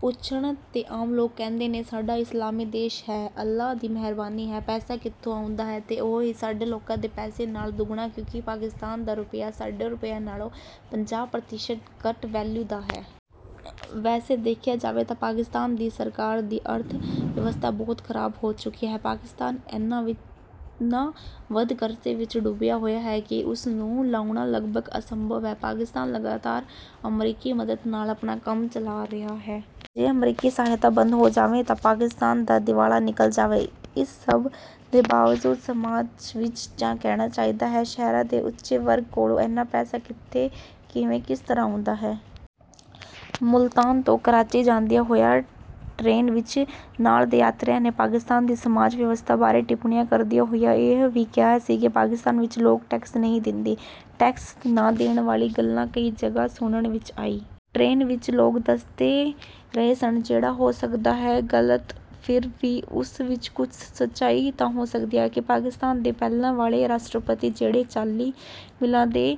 ਪੁੱਛਣ ਤੇ ਆਮ ਲੋਕ ਕਹਿੰਦੇ ਨੇ, “ਸਾਡਾ ਇਸਲਾਮੀ ਦੇਸ਼ ਹੈ ਨਾ। ਅੱਲ੍ਹਾਹ ਦੀ ਮਿਹਰਬਾਨੀ ਹੈ।” ਪੈਸਾ ਕਿੱਥੋਂ ਆਉਂਦਾ ਹੈ? ਤੇ ਉਹ ਵੀ ਸਾਡੇ ਲੋਕਾਂ ਦੇ ਪੈਸੇ ਨਾਲੋਂ ਦੁੱਗਣਾ ਕਿਉਂਕਿ ਪਾਕਿਸਤਾਨ ਦਾ ਰੁਪਇਆ ਸਾਡੇ ਰੁਪਏ ਨਾਲੋਂ ਪੰਜਾਹ ਪ੍ਰਤੀਸ਼ਤ ਘੱਟ ਵੈਲਿਊ ਦਾ ਹੈ। ਵੈਸੇ ਦੇਖਿਆ ਜਾਵੇ ਤਾਂ ਪਾਕਿਸਤਾਨ ਦੀ ਸਰਕਾਰ ਦੀ ਅਰਥ ਵਿਵਸਥਾ ਬਹੁਤ ਖ਼ਰਾਬ ਹੋ ਚੁੱਕੀ ਹੈ। ਪਾਕਿਸਤਾਨ ਇੰਨਾ ਵੱਧ ਕਰਜ਼ੇ ਵਿਚ ਡੁੱਬਿਆ ਹੋਇਆ ਹੈ ਕਿ ਉਸ ਨੂੰ ਲਾਹੁਣਾ ਲਗਭਗ ਅਸੰਭਵ ਹੈ। ਪਾਕਿਸਤਾਨ ਲਗਾਤਾਰ ਅਮਰੀਕੀ ਮਦਦ ਨਾਲ ਆਪਣਾ ਕੰਮ ਚਲਾ ਰਿਹਾ ਹੈ। ਜੇ ਅਮਰੀਕੀ ਸਹਾਇਤਾ ਬੰਦ ਹੋ ਜਾਵੇ ਤਾਂ ਪਾਕਿਸਤਾਨ ਦਾ ਦਿਵਾਲਾ ਨਿਕਲ ਜਾਵੇ। ਇਸ ਸਭ ਦੇ ਬਾਵਜੂਦ ਸਮਾਜ ਵਿਚ, ਜਾਂ ਕਹਿਣਾ ਚਾਹੀਦਾ ਹੈ, ਸ਼ਹਿਰਾਂ ਦੇ ਉੱਚ-ਵਰਗ ਕੋਲ ਇੰਨਾ ਪੈਸਾ ਕਿੰਜ, ਕਿੱਥੋਂ ਤੇ ਕਿਸ ਤਰ੍ਹਾਂ ਆਉਂਦਾ ਹੈ...? ਮੁਲਤਾਨ ਤੋਂ ਕਰਾਚੀ ਜਾਂਦਿਆਂ ਹੋਇਆ ਟਰੇਨ ਵਿਚ ਨਾਲ ਦੇ ਯਾਤਰੀਆਂ ਨੇ ਪਾਕਿਸਤਾਨ ਦੀ ਸਮਾਜ ਵਿਵਸਥਾ ਬਾਰੇ ਟਿੱਪਣੀਆਂ ਕਰਦਿਆਂ ਹੋਇਆਂ ਇਹ ਵੀ ਕਿਹਾ ਸੀ ਕਿ ਪਾਕਿਸਤਾਨ ਵਿਚ ਲੋਕ ਟੈਕਸ ਨਹੀਂ ਦਿੰਦੇ। ਟੈਕਸ ਨਾ ਦੇਣ ਵਾਲੀ ਗੱਲ ਕਈ ਜਗ੍ਹਾ ਸੁਣਨ ਵਿਚ ਆਈ। ਟਰੇਨ ਵਿਚ ਲੋਕ ਦੱਸ ਰਹੇ ਸਨ, ਜਿਹੜਾ ਹੋ ਸਕਦਾ ਹੈ ਗ਼ਲਤ ਹੋਵੇ, ਪਰ ਫਿਰ ਵੀ ਉਸ ਵਿਚ ਕੁਝ ਸੱਚਾਈ ਤਾਂ ਹੋ ਸਕਦੀ ਹੈ, ਕਿ ਪਾਕਿਸਤਾਨ ਦੇ ਪਹਿਲਾਂ ਵਾਲੇ ਰਾਸ਼ਟਰਪਤੀ, ਜਿਹੜੇ ਚਾਲੀ ਮਿਲਾਂ ਦੇ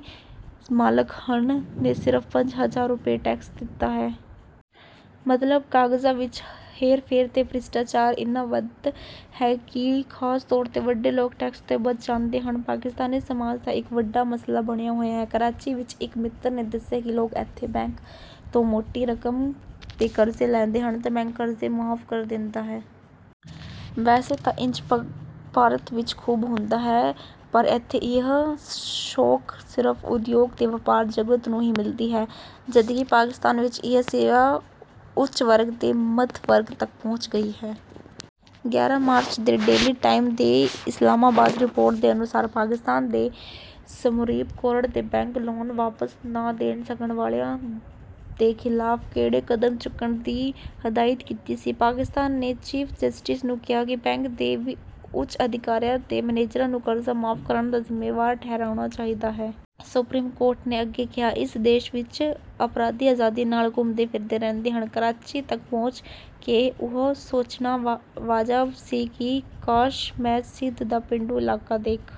ਮਾਲਕ ਹਨ, ਨੇ ਸਿਰਫ਼ ਪੰਜ ਹਜ਼ਾਰ ਰੁਪਏ ਟੈਕਸ ਦਿੱਤਾ ਹੈ। ਮਤਲਬ ਕਾਗਜ਼ਾਂ ਵਿਚ ਹੇਰ-ਫੇਰ ਤੇ ਭ੍ਰਿਸ਼ਟਾਚਾਰ ਇੰਨਾ ਵੱਧ ਹੈ ਕਿ ਲੋਕ, ਖ਼ਾਸ ਤੌਰ ’ਤੇ ਵੱਡੇ ਲੋਕ, ਟੈਕਸ ਤੋਂ ਬਚ ਜਾਂਦੇ ਹਨ। ਇਹ ਪਾਕਿਸਤਾਨੀ ਸਮਾਜ ਦਾ ਇਕ ਵੱਡਾ ਮਸਲਾ ਬਣਿਆ ਹੋਇਆ ਹੈ। ਕਰਾਚੀ ਵਿਚ ਇਕ ਮਿੱਤਰ ਨੇ ਦੱਸਿਆ ਸੀ ਕਿ ਲੋਕ ਇੱਥੇ ਬੈਂਕ ਤੋਂ ਮੋਟੀ ਰਕਮ ਦੇ ਕਰਜ਼ੇ ਲੈਂਦੇ ਹਨ ਤੇ ਬੈਂਕ ਕਰਜ਼ੇ ਮੁਆਫ਼ ਕਰ ਦਿੰਦੇ ਹਨ। ਵੈਸੇ ਤਾਂ ਇੰਜ ਭਾਰਤ ਵਿਚ ਵੀ ਖ਼ੂਬ ਹੁੰਦਾ ਹੈ। ਪਰ ਇੱਥੇ ਇਹ ਸੌਖ ਸਿਰਫ਼ ਉਦਯੋਗ ਤੇ ਵਪਾਰ ਜਗਤ ਨੂੰ ਹੀ ਮਿਲਦੀ ਹੈ, ਜਦਕਿ ਪਾਕਿਸਤਾਨ ਵਿਚ ਇਹ ‘ਸੇਵਾ’ ਉੱਚ ਵਰਗ ਤੇ ਮੱਧ ਵਰਗ ਤਕ ਪਹੁੰਚ ਗਈ ਹੈ। ਗਿਆਰਾਂ ਮਾਰਚ ਦੇ ਡੇਲੀ ਟਾਈਮਸ ਦੇ ਇਸਲਾਮਾਬਾਦ ਰਿਪੋਰਟ ਦੇ ਅਨੁਸਾਰ, ਪਾਕਿਸਤਾਨ ਦੇ ਸੁਪਰੀਮ ਕੋਰਟ ਨੇ ਬੈਂਕ ‘ਲੋਨ’ ਵਾਪਸ ਨਾ ਦੇ ਸਕਣ ਵਾਲਿਆਂ ਦੇ ਖ਼ਿਲਾਫ਼ ਕਰੜੇ ਕਦਮ ਚੁੱਕਣ ਦੀ ਹਦਾਇਤ ਕੀਤੀ ਸੀ। ਪਾਕਿਸਤਾਨ ਦੇ ਚੀਫ਼ ਜਸਟਿਸ ਨੇ ਕਿਹਾ ਹੈ, ਬੈਂਕ ਦੇ ਉੱਚ ਅਧਿਕਾਰੀਆਂ ਤੇ ਮੈਨੇਜਰਾਂ ਨੂੰ ਕਰਜ਼ਾ ਮੁਆਫ਼ ਕਰਨ ਦਾ ਜ਼ਿੰਮੇਵਾਰ ਠਹਿਰਾਉਣਾ ਚਾਹੀਦਾ ਹੈ। ਸੁਪਰੀਮ ਕੋਰਟ ਨੇ ਅੱਗੇ ਕਿਹਾ, ਇਸ ਦੇਸ਼ ਵਿਚ ਅਪਰਾਧੀ ਆਜ਼ਾਦੀ ਨਾਲ ਘੁੰਮਦੇ ਫਿਰਦੇ ਰਹਿੰਦੇ ਹਨ। ਕਰਾਚੀ ਤਕ ਪਹੁੰਚ ਕੇ ਇਹ ਸੋਚਣਾ ਵਾਜਬ ਸੀ ਕਿ ਕਾਸ਼ ਮੈਂ ਸਿੰਧ ਦਾ ਪੇਂਡੂ ਇਲਾਕਾ ਦੇਖ...